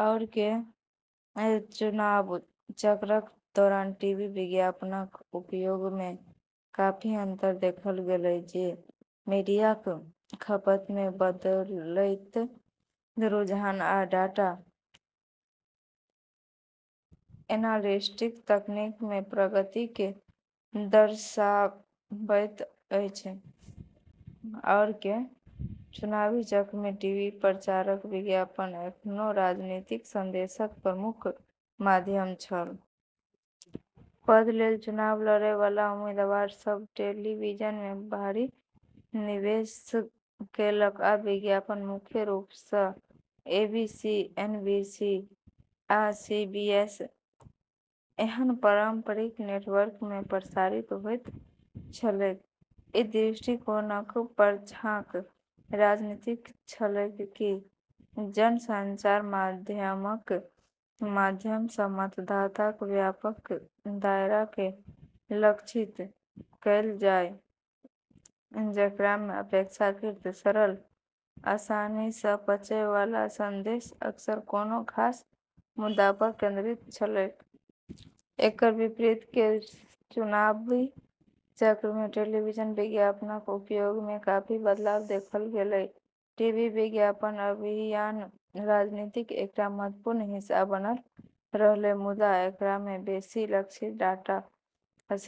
आओरके चुनाव चक्रक दौरान टीवी विज्ञापनक उपयोगमे काफी अंतर देखल गेलै, जे मीडियाक खपतमे बदलैत रुझान आ डाटा एनालिटिक्स तकनीकमे प्रगति केँ दर्शाबैत अछि। आओरके चुनावी चक्रमे टीवी प्रचारक विज्ञापन एखनो राजनीतिक संदेशक प्रमुख माध्यम छल। पद लेल चुनाव लड़ै वाला उम्मीदवार सभ टेलीविजनमे भारी निवेश केलक, आ विज्ञापन मुख्य रूपसँ एबीसी, एनबीसी, आ सीबीएस एहन पारंपरिक नेटवर्कमे प्रसारित होइत छलैक। ई दृष्टिकोणक पाछाँक रणनीति छलैक कि जनसंचार माध्यमक माध्यमसँ मतदाताक व्यापक दायराकेँ लक्षित कएल जाय, जेकरामे अपेक्षाकृत सरल, आसानीसँ पचै वाला संदेश अक्सर कोनो खास मुद्दापर केंद्रित छलैक। एकर विपरीत केर चुनावी चक्रमे टेलीविजन विज्ञापनक उपयोगमे काफी बदलाव देखल गेलै। टीवी विज्ञापन अभियान रणनीतिक एकटा महत्वपूर्ण हिस्सा बनल रहलै, मुदा एकरामे बेसी लक्षित, डाटा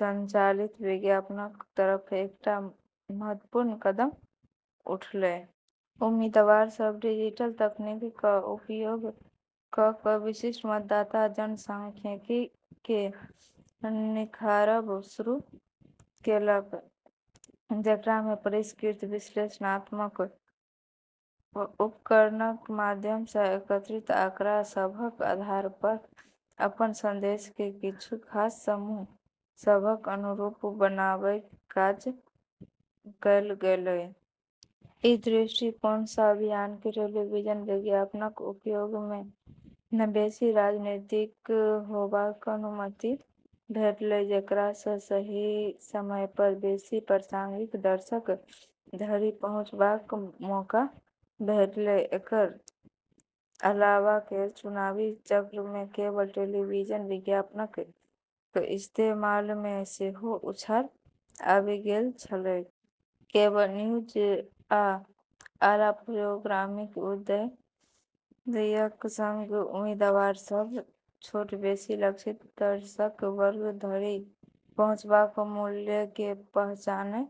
संचालित विज्ञापनक तरफ एकटा महत्वपूर्ण कदम उठलै। उम्मीदवार सभ डिजिटल तकनीकक उपयोग कऽ कऽ विशिष्ट मतदाता जनसांख्यिकीयकेँ निखारब शुरू केलक, जेकरामे परिष्कृत विश्लेषणात्मक उपकरणक माध्यमसँ एकत्रित आंकड़ा सभक आधारपर अपन संदेशकेँ किछु खास समूह सभक अनुरूप बनाबैक काज कएल गेलै। ई दृष्टिकोणसँ अभियानकेँ टेलीविजन विज्ञापनक उपयोगमे बेसी रणनीतिक होबाक अनुमति भेटलै, जेकरासँ सही समयपर बेसी प्रासंगिक दर्शक धरि पहुँचबाक मौका भेटलै। एकर अलावा केर चुनावी चक्रमे केबल टेलीविजन विज्ञापनक इस्तेमालमे सेहो उछाल आबि गेल छलैक। केबल न्यूज आ आला प्रोग्रामिंगक उदयक संग उम्मीदवार सभ छोट, बेसी लक्षित दर्शक वर्ग धरि पहुँचबाक मूल्यकेँ पहचानै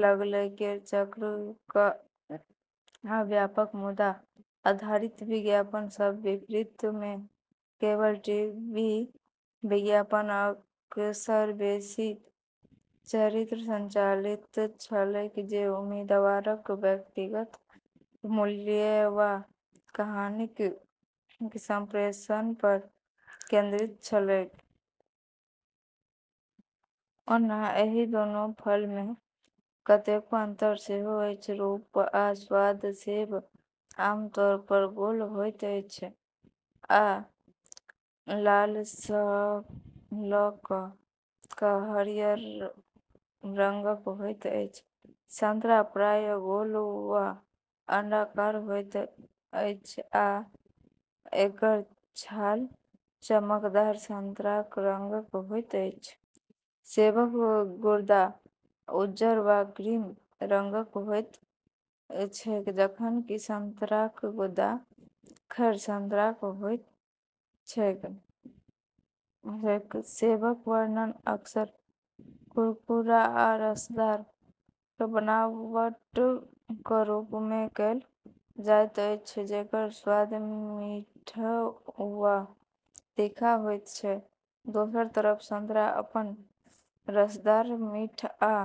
लगलै। केर चक्रक व्यापक, मुद्दा आधारित विज्ञापन सभक विपरीत, मे केबल टीवी विज्ञापन अक्सर बेसी चरित्र-संचालित छलैक, जे उम्मीदवारक व्यक्तिगत मूल्य वा कहानीक संप्रेषणपर केंद्रित छलैक। ओना एहि दूनू फलमे कतेको अंतर सेहो अछि। रूप आ स्वाद: सेब आमतौरपर गोल होइत अछि आ लालसँ लऽ कऽ हरियर रंगक होइत अछि। संतरा प्रायः गोल वा अंडाकार होइत अछि आ एकर छाल चमकदार संतरा रंगक होइत अछि। सेबक गुदा उज्जर वा क्रीम रंगक होइत छैक, जखन कि संतराक गुदा, खैर, संतरा होइत छैक। सेबक वर्णन अक्सर कुरकुरा आ रसदार बनावटक रूपमे कएल जाइत अछि जेकर स्वाद मीठ वा तीखा होइत छै। दोसर तरफ संतरा अपन रसदार, मीठ आ...